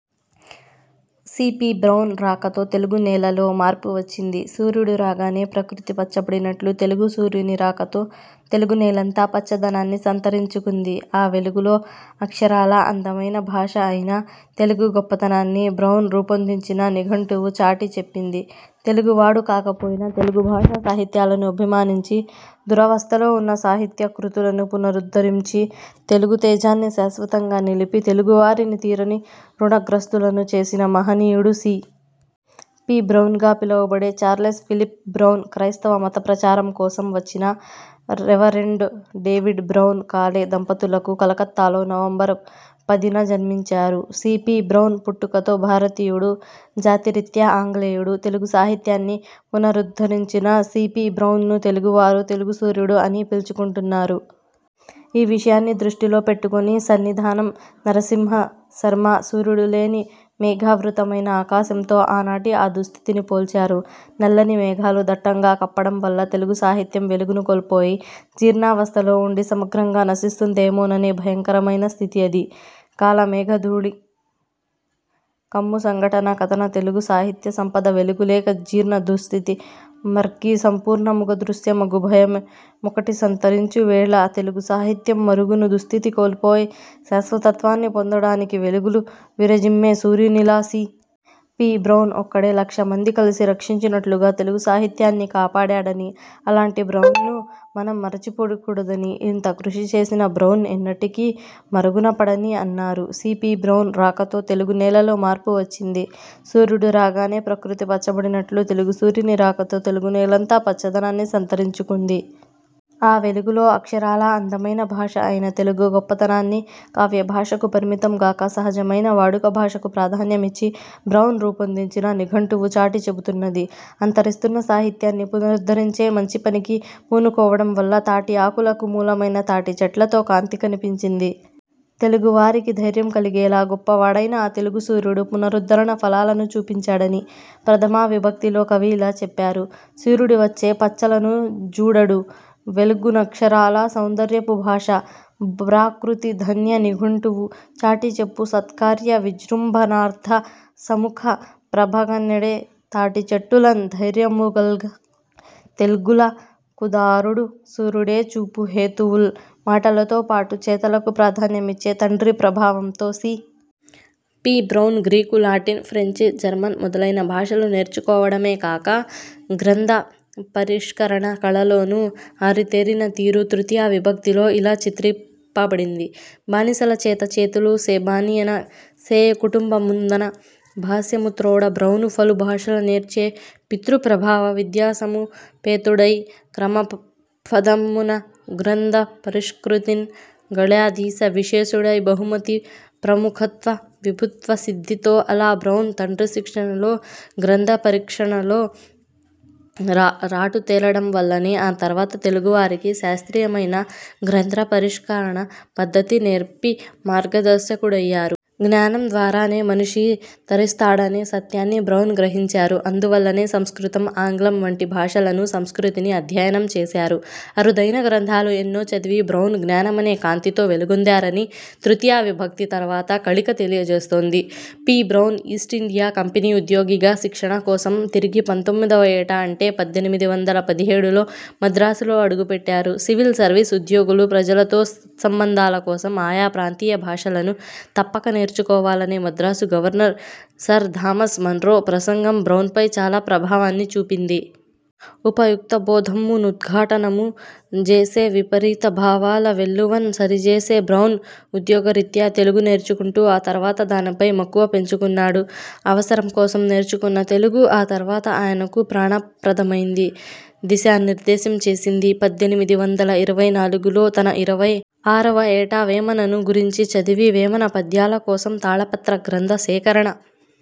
C. P. Brown రాకతో తెలుగు నేలలో మార్పు వచ్చింది. సూర్యుడు రాగానే ప్రకృతి పచ్చబడినట్లు తెలుగు సూర్యుని రాకతో తెలుగునేలంతా పచ్చదనాన్ని సంతరించుకుంది. ఆ వెలుగులో అక్షరాలా అందమైన భాష అయిన తెలుగు గొప్పతనాన్ని బ్రౌన్ రూపొందించిన నిఘంటువు చాటి చెప్పింది. తెలుగువాడు కాకపోయినా తెలుగు భాషా సాహిత్యాలను అభిమానించి, దురవస్థలో ఉన్న సాహిత్యా కృతులను పునరుద్ధరించి, తెలుగు తేజాన్ని శాశ్వతంగా నిలిపి, తెలుగువారిని తీరని ఋణగ్రస్తులను చేసిన మహనీయుడు సి. పి. బ్రౌన్గా పిలువబడే చార్లెస్ ఫిలిప్ బ్రౌన్. క్రైస్తవ మతప్రచారం కోసం వచ్చిన రెవరెండ్ డేవిడ్ బ్రౌన్, కౌలే దంపతులకు కలకత్తాలో నవంబర్ పదిన జన్మించారు సి. పి. బ్రౌన్ పుట్టుకతో భారతీయుడు, జాతి రీత్యా ఆంగ్లేయుడు. తెలుగు సాహిత్యాన్ని పునరుద్ధరించిన సి. పి. బ్రౌన్ను తెలుగువారు 'తెలుగు సూర్యుడు' అని పిలుచుకుంటున్నారు. ఈ విషయాన్ని దృష్టిలో పెట్టుకొని సన్నిధానం నరసింహశర్మ సూర్యుడులేని మేఘావృతమైన ఆకాశంతో ఆనాటి ఆ దుస్థితిని పోల్చారు. నల్లని మేఘాలు దట్టంగా కప్పడం వల్ల తెలుగు సాహిత్యం వెలుగును కోల్పోయి జీర్ణావస్థలో ఉండి సమగ్రంగా నశిస్తుందేమోననే భయంకరమైన స్థితి అది. ''కాలమేఘాళి క్రమ్ము సంఘటన కతన తెలుగు సాహిత్య సంపద వెలుగు లేక జీర్ణ దుస్థితి మ్రగ్గి సంపూర్ణముగ దృశ్యమగు భయమొకటి నర్తించువేళ''తెలుగు సాహిత్యం మరుగును, దుస్థితిని కోల్పోయి శాశ్వతత్వాన్ని పొందడానికి వెలుగులు విరజిమ్మే సూర్యునిలా సి. పి. బ్రౌన్ ఒక్కడే లక్ష మంది కలసి రక్షించినట్లుగా తెలుగు సాహిత్యాన్ని కాపాడాడని, అలాంటి బ్రౌన్ను మనం మరచిపోకూడదని, ఇంత కృషి చేసిన బ్రౌన్ ఎన్నటికీ మరుగునపడడని అన్నారు. సి. పి. బ్రౌన్ రాకతో తెలుగు నేలలో మార్పు వచ్చింది. సూర్యుడు రాగానే ప్రకృతి పచ్చబడినట్లు తెలుగు సూర్యుని రాకతో తెలుగునేలంతా పచ్చదనాన్ని సంతరించుకుంది. ఆ వెలుగులో అక్షరాలా అందమైన భాష అయిన తెలుగు గొప్పతనాన్ని కావ్యభాషకు పరిమితం గాక సహజమైన వాడుక భాషకు ప్రాధాన్యమిచ్చి బ్రౌన్ రూపొందించిన నిఘంటువు చాటి చెబుతున్నది. అంతరిస్తున్న సాహిత్యాన్ని పునరుద్ధరించే మంచి పనికి పూనుకోవడం వల్ల తాటి ఆకులకు మూలమైన తాటి చెట్లలో కాంతి కనిపించింది. తెలుగువారికి ధైర్యం కలిగేలా గొప్పవాడైన ఆ తెలుగు సూర్యుడు పునరుద్ధరణ ఫలాలను చూపించాడని 'ప్రథమా విభక్తి'లో కవి ఇలా చెప్పారు. ''సూర్యుడు వచ్చె పచ్చలను జూడుడు, వెల్గుల నక్షరాల సౌందర్యపు భాష బ్రాకృతిక ధన్య నిఘంటువు చాటిచెప్పు, సత్కార్య విజృంభణార్థ సుముఖ ప్రభగన్పడె తాటిచెట్టులన్, ధైర్యముగల్గ తెల్గుల కుదారుడు సూర్యుడె చూపు హేతువుల్''మాటలతో పాటు చేతలకు ప్రాధాన్యమిచ్చే తండ్రి ప్రభావంతో C. P. Brown Greek, Latin, French, German మొదలైన భాషలు నేర్చుకోవడమే కాక గ్రంథ పరిష్కరణ కళలోనూ ఆరితేరిన తీరు 'తృతీయా విభక్తి'లో ఇలా చిత్రింపబడింది. ''బాసల చేత చేతలు సెబాసన సేయు కుటుంబమందున భ్యాసముతోడ బ్రౌను పలుభాషల నేర్చె పితృప్రభావ విద్యా సముపేతుడై క్రమపథమ్మున గ్రంథ పరిష్కృతిన్ గళాధీస విశేషుడై బహుమతి ప్రముఖత్వ విభుత్వ సిద్ధితో''అలా బ్రౌన్ తండ్రి శిక్షణలో గ్రంథపరిష్కరణలో రా రాటుదేలడం వల్లనే ఆ తర్వాత తెలుగువారికి శాస్త్రీయమైన గ్రంథ పరిష్కరణ పద్ధతిని నేర్పి మార్గదర్శకుడయ్యారు. జ్ఞానం ద్వారానే మనిషి తరిస్తాడనే సత్యాన్ని బ్రౌన్ గ్రహించారు. అందువల్లనే సంస్కృతం, ఆంగ్లం వంటి భాషలను, సంస్కృతిని అధ్యయనం చేశారు. అరుదైన గ్రంథాలు ఎన్నో చదివి బ్రౌన్ జ్ఞానమనే కాంతితో వెలుగొందారని 'తృతీయా విభక్తి తర్వాత కళిక' తెలియజేస్తోంది. పి. బ్రౌన్ ఈస్టిండియా కంపెనీ ఉద్యోగిగా శిక్షణ కోసం తిరిగి పంతొమ్మిదివ ఏట అంటే పద్దెనిమిది వందల పదిహేడులో మద్రాసులో అడుగుపెట్టాడు సివిల్ సర్వీస్ ఉద్యోగులు ప్రజలతో సత్సంబంధాల కోసం ఆయా ప్రాంతీయ భాషలను తప్పక నేర్చుకోవాలనే Madras governor Sir Thomas Munro ప్రసంగం బ్రౌన్పై చాలా ప్రభావాన్ని చూపింది. ''ఉపయుక్త బోధమ్ము నుద్ఘాటనము జేసె విపరీత భావాల వెల్లువన్ సరిజేసె''. బ్రౌన్ ఉద్యోగరీత్యా తెలుగు నేర్చుకొంటూ ఆ తర్వాత దానిపై మక్కువ పెంచుకున్నాడు. అవసరం కోసం నేర్చుకున్న తెలుగు ఆ తర్వాత ఆయనకు ప్రాణప్రదమైంది, దిశానిర్దేశం చేసింది. పద్దెనిమిది వందల ఇరవై నాలుగులో తన ఇరవై ఆరువ ఏట వేమనను గురించి చదివి, వేమన పద్యాల కోసం తాళపత్ర గ్రంథ సేకరణ